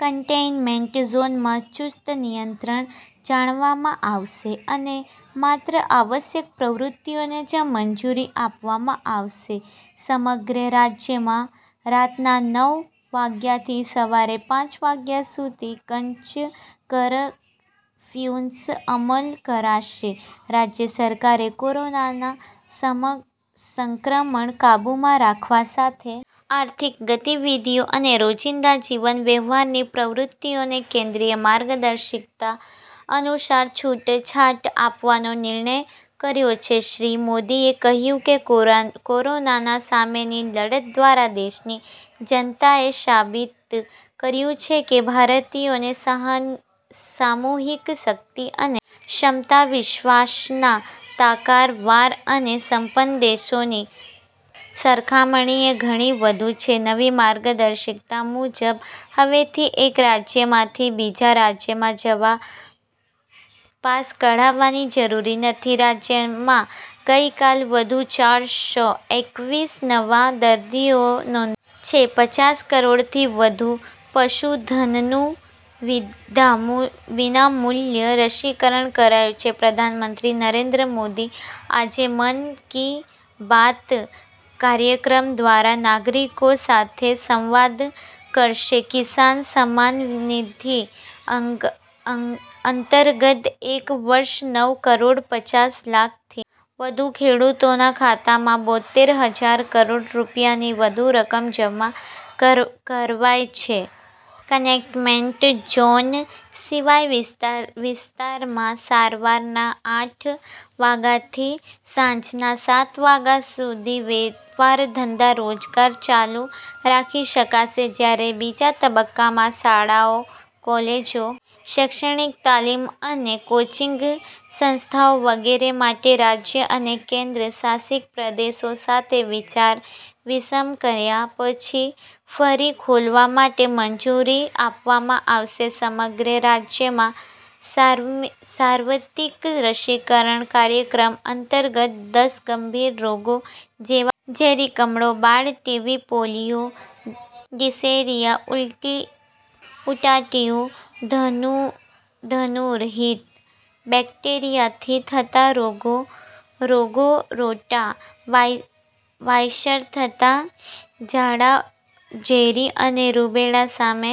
Containment ઝોનમાં ચૂસ્ત નિયંત્રણ જાળવવામાં આવશે અને માત્ર આવશ્યક પ્રવૃત્તિઓને જ મંજૂરી આપવામાં આવશે સમગ્ર રાજ્યમાં રાતના નવ વાગ્યાથી સવારના પાંચ વાગ્યા સુધી કરફ્યુનો અમલ કરાશે રાજ્ય સરકારે કોરોના સંક્રમણ કાબૂમાં રાખવા સાથે આર્થિક ગતિવિધિઓ અને રોજિંદા જીવન વ્યવહારની પ્રવૃત્તિઓને કેન્દ્રની માર્ગદર્શિકા અનુસાર છૂટછાટ આપવાનો નિર્ણય કર્યો છે શ્રી મોદીએ કહયું કે કોરોના સામેની લડત દ્વારા દેશની જનતાએ સાબિત કર્યું છે કે ભારતીયોની સામુહિક શકિત અને ક્ષમતા વિશ્વના તાકાત વાન અને સંપન્ન દેશોની સરખામણીએ ઘણી વધુ છે નવી માર્ગદર્શિકા મુજબ હવેથી એક રાજ્યમાંથી બીજા રાજ્યમાં જવા પાસ કઢાવવાની જરૂર નથી રાજ્યમાં ગઈકાલે વધુ ચાર સો એકવીસ નવા દર્દીઓ નોંધાયા છે પચાસ કરોડથી વધુ પશુધનનું વિના મુલ્ય રશીકરણ કરાયું છે પ્રધાનમંત્રી નરેન્દ્ર મોદી આજે મન કી બાત કાર્યક્રમ દ્વારા નાગરિકો સાથે સંવાદ કરશે કિસાન સન્માન નિધિ અંતર્ગત એક વર્ષમાં નવ કરોડ પચાસ લાખથી વધુ ખેડુતોના ખાતામાં બોતેર હજાર કરોડ રૂપિયાથી વધુ રકમ જમા કરાવાઇ છે કન્ટેઈમેન્ટ ઝોન સિવાય વિસ્તારમાં સવારના આઠ વાગ્યાથી સાંજના સાત વાગ્યા સુધી વેપારધંધા રોજગાર ચાલુ રાખી શકાશે જ્યારે બીજા તબક્કામાં શાળાઓ કોલેજો શૈક્ષણિક તાલીમ અને કોચિંગ સંસ્થાઓ વગેરે માટે રાજ્યો અને કેન્દ્ર શાસિત પ્રદેશો સાથે વિચાર વિમર્શ કર્યા પછી ફરી ખોલવા માટે મંજૂરી આપવામાં આવશે સમગ્ર રાજ્યમાં સાર્વત્રિક રસીકરણ કાર્યક્રમ અંતર્ગત દસ ગંભીર રોગો જેવાકે ઝેરી કમળો બાળ ટી પોલીયો ડીશેરીયા ઊટાટીયું ધનુર હીબ બેક્ટરિયાથી થતા રોગો રોટા વાયરસથી થતા ઝાડા ઓરી અને રૂબેલા સામે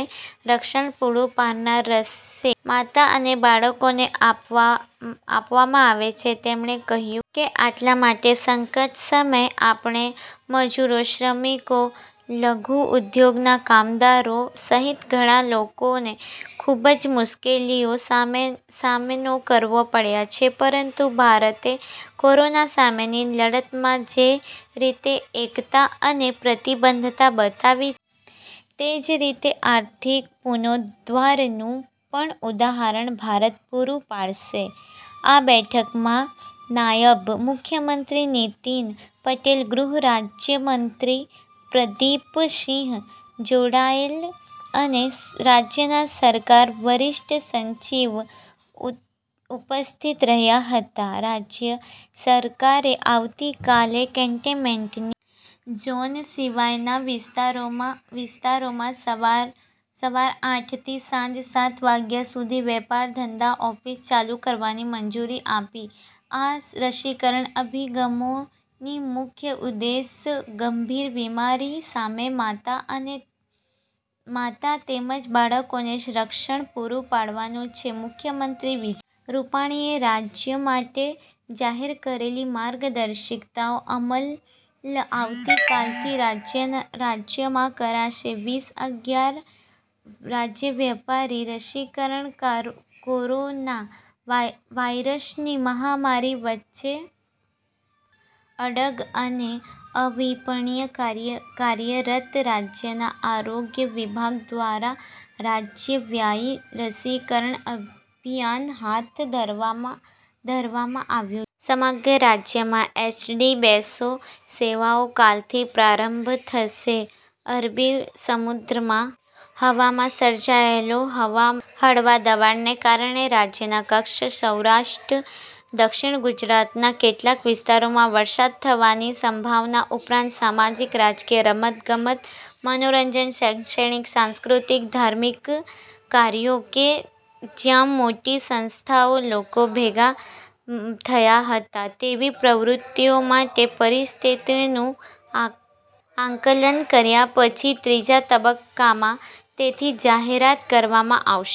રક્ષણ પૂરુ પાડનાર રસી સગર્ભા માતા અને બાળકોને આપવામાં આવે છે તેમણે કહયું કે આટલા મોટા સંકટ સમયે આપણા મજુરો શ્રમિકો લઘુ ઉદ્યોગોના કામદારો સહિત ઘણા લોકોને ખુબ જ મુશ્કેલીનો સામનો કરવો પડયો છે પરંતુ ભારતે કોરોના સામેની લડતમાં જે રીતે એકતા અને પ્રતિબધ્ધતા બતાવી છે તે જ રીતે આર્થિક પુનો દ્વારનું પણ ઉદાહરણ ભારત પૂરૂ પાડશે આ બેઠકમાં નાયબ મુખ્યમંત્રી નીતિન પટેલ ગૃહ રાજ્યમંત્રી પ્રદીપસિંહ જાડેજા અને રાજ્ય સરકારના વરિષ્ઠ સચિવ ઉપસ્થિત રહ્યા હતા રાજ્ય સરકારે આવતીકાલથી કન્ટેઈનમેન્ટ ઝોન સિવાયના વિસ્તારોમાં સવાર આઠથી સાંજના સાત વાગ્યા સુધી વેપાર ધંધા ઓફિસો ચાલુ કરવાની મંજૂરી આપી આ રસીકરણ અભિયાનનો મુખ્ય ઉદ્દેશ ગંભીર બીમારી સામે માતા તેમજ બાળકને રક્ષણ પૂરું પાડવાનો છે મુખ્યમંત્રી વિજય રૂપાણીએ રાજ્ય માટે જાહેર કરેલી માર્ગદર્શિકાનો અમલ આવતીકાલથી રાજ્યોમાં કરાશે વીસ અગિયાર રાજ્યવ્યાપી રસીકરણ કોરોના વાયરસની મહામારી વચ્ચે અડગ અને અવિરતપણે કાર્યરત રાજ્યના આરોગ્ય વિભાગ દ્વારા રાજ્યવ્યાપી રસીકરણ અભિયાન હાથ ધરવામાં આવ્યુ છે સમગ્ર રાજ્યમાં એસટી બસો સેવાનો કાલથી પ્રારંભ થશે અરબી સમુદ્રમાં હવાના સર્જાયેલા હળવા દબાણને કારણે રાજ્યના કચ્છ સૌરાષ્ટ્ર દક્ષિણ ગુજરાતના કેટલાંક વિસ્તારોમાં વરસાદ થવાની સંભાવના ઉપરાંત સામાજિક રાજકીય રમત ગમત મનોરંજન શૈક્ષણિક સાંસ્કૃતિક ધાર્મિક કાર્યો કે જ્યાં મોટી સંખ્યામાં લોકો ભેગા થતાં હોય તેવી પ્રવૃત્તિઓ માટે પરિસ્થિતિનું આકલન કર્યા પછી ત્રીજા તબક્કામાં તેની જાહેરાત કરવામાં આવશે।